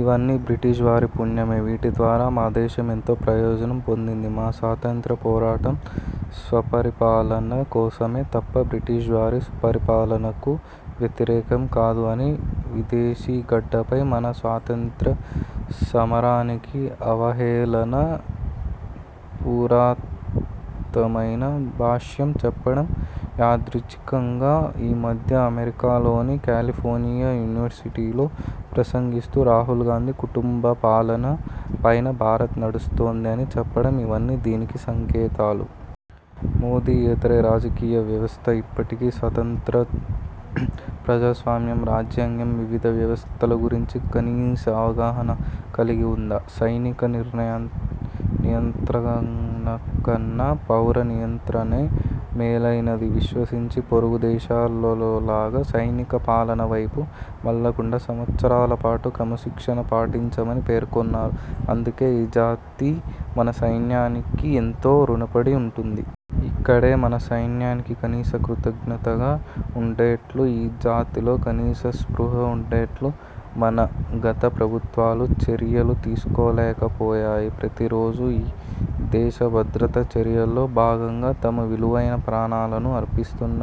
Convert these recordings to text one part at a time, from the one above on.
ఇవన్నీ బ్రిటిష్ వారి పుణ్యమే. వీటి ద్వారా మా దేశం ఎంతో ప్రయోజనం పొందింది. మా స్వాతంత్ర్య పోరాటం స్వపరిపాలన కోసమే తప్ప బ్రిటిష్వారి సుపరిపాలనకు వ్యతిరేకం కాదు'' అని విదేశీగడ్డపై మన స్వాతంత్ర్య సమరానికి అవహేళన పూరితమైన భాష్యం చెప్పడం, యాదృచ్ఛికంగా ఈమధ్యే అమెరికాలోని కాలిఫోర్నియా యూనివర్సిటీలో ప్రసంగిస్తూ రాహుల్ గాంధీ కుటుంబపాలన పైనే భారత్ నడుస్తోంది అని చెప్పడం ఇవన్నీ దేనికి సంకేతాలు? మోదీయేతర రాజకీయవ్యవస్థ ఇప్పటికీ స్వాతంత్య్రం, ప్రజాస్వామ్యం, రాజ్యాంగం, వివిధ వ్యవస్థలు గురించి కనీస అవగాహన కలిగి ఉందా? సైనిక నియంత్రణకన్నా పౌర నియంత్రణే మేలైనదిగా విశ్వసించి పొరుగు దేశంలోలాగా సైనిక పాలన వైపు మళ్లకుండా సంవత్సరాలపాటు క్రమశిక్షణ పాటించామని పేర్కొన్నారు. అందుకు ఈ జాతి మన సైన్యానికి ఎంతో రుణపడి ఉంటుంది. ఇక్కడే మన సైన్యానికి కనీస కృతజ్ఞతగా ఉండేట్లు ఈ జాతిలో కనీస స్పృహ ఉండేట్లు మన గత ప్రభుత్వాలు చర్యలు తీసుకోలేకపోయాయి. ప్రతి రోజూ ఈ దేశ భద్రత చర్యల్లో భాగంగా తమ విలువైన ప్రాణాలను అర్పిస్తున్న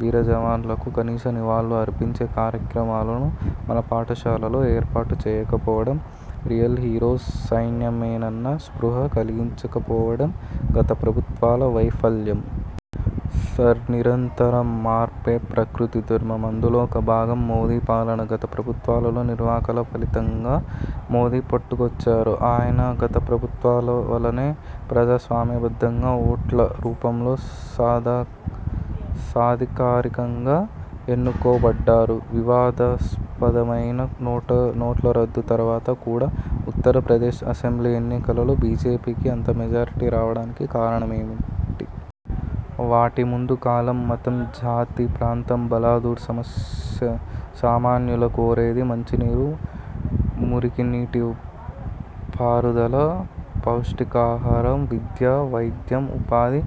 వీర జవాన్లకు కనీస నివాళి అర్పించే కార్యక్రమాలను మన పాఠశాలల్లో ఏర్పాటు చేయకపోవడం, రియల్ హీరోస్ సైన్యమేనన్న స్పృహ కలిగించకపోవడం గత ప్రభుత్వాల వైఫల్యం. సర్, నిరంతర మార్పే ప్రకృతి ధర్మం. అందులో ఒక భాగం మోదీ పాలన. గత ప్రభుత్వాల నిర్వాకాల ఫలితంగా మోదీ పుట్టుకొచ్చారు. ఆయన గత ప్రభుత్వాలు వలెనే ప్రజాస్వామ్యబద్ధంగా ఓట్ల రూపంలో సాధికారికంగా ఎన్నుకో బడ్డారు. వివాదాస్పదమైన నోట్లరద్దు తర్వాత కూడా ఉత్తరప్రదేశ్ అసెంబ్లీ ఎన్నికలలో బీజేపీకి అంత మెజారిటీ రావడానికి కారణమేంటి? వాటి ముందు కులం, మతం, జాతి, ప్రాంతం బలాదూర్. సామాన్యులు కోరేది మంచినీరు, మురికినీటి పారుదల, పౌష్టికాహారం, విద్య, వైద్యం, ఉపాధి,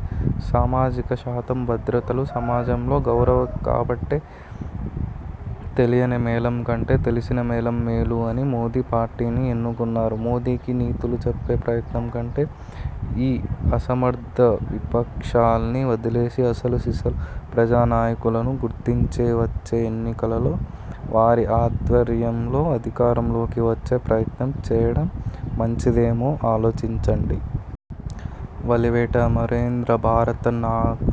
సామాజిక శాంతి భద్రతలు, సమాజంలో గౌరవం. కాబట్టే తెలియని మేళం కంటే తెలిసిన మేళం మేలు అని మోదీ పార్టీని ఎన్నుకున్నారు. మోదీకి నీతులు చెప్పే ప్రయత్నం కంటే ఈ అసమర్థ విపక్షాల్ని వదిలేసి అసలు సిసలు ప్రజానాయకులను గుర్తించి వచ్చే ఎన్నికలలో వారి ఆధ్వర్యంలో అధికారంలోకి వచ్చే ప్రయత్నం చేయడం మంచిదేమో, ఆలోచించండి. వలివేటి అమరేంద్ర భారత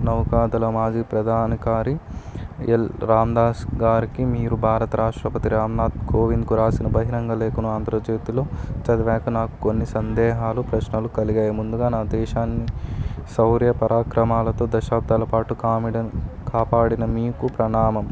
నౌకాదళ మాజీ ప్రధానాధికారి ఎల్. రామ్దాస్ గారికి, మీరు భారత రాష్ట్రపతి రామ్నాథ్ కోవింద్కు రాసిన బహిరంగ లేఖను ఆంధ్రజ్యోతిలో చదివాక నాకు కొన్ని సందేహాలు, ప్రశ్నలు కలిగాయి. ముందుగా నా దేశాన్ని శౌర్య పరాక్రమాలతో దశాబ్దాలపాటు కాపాడిన మీకు ప్రణామం.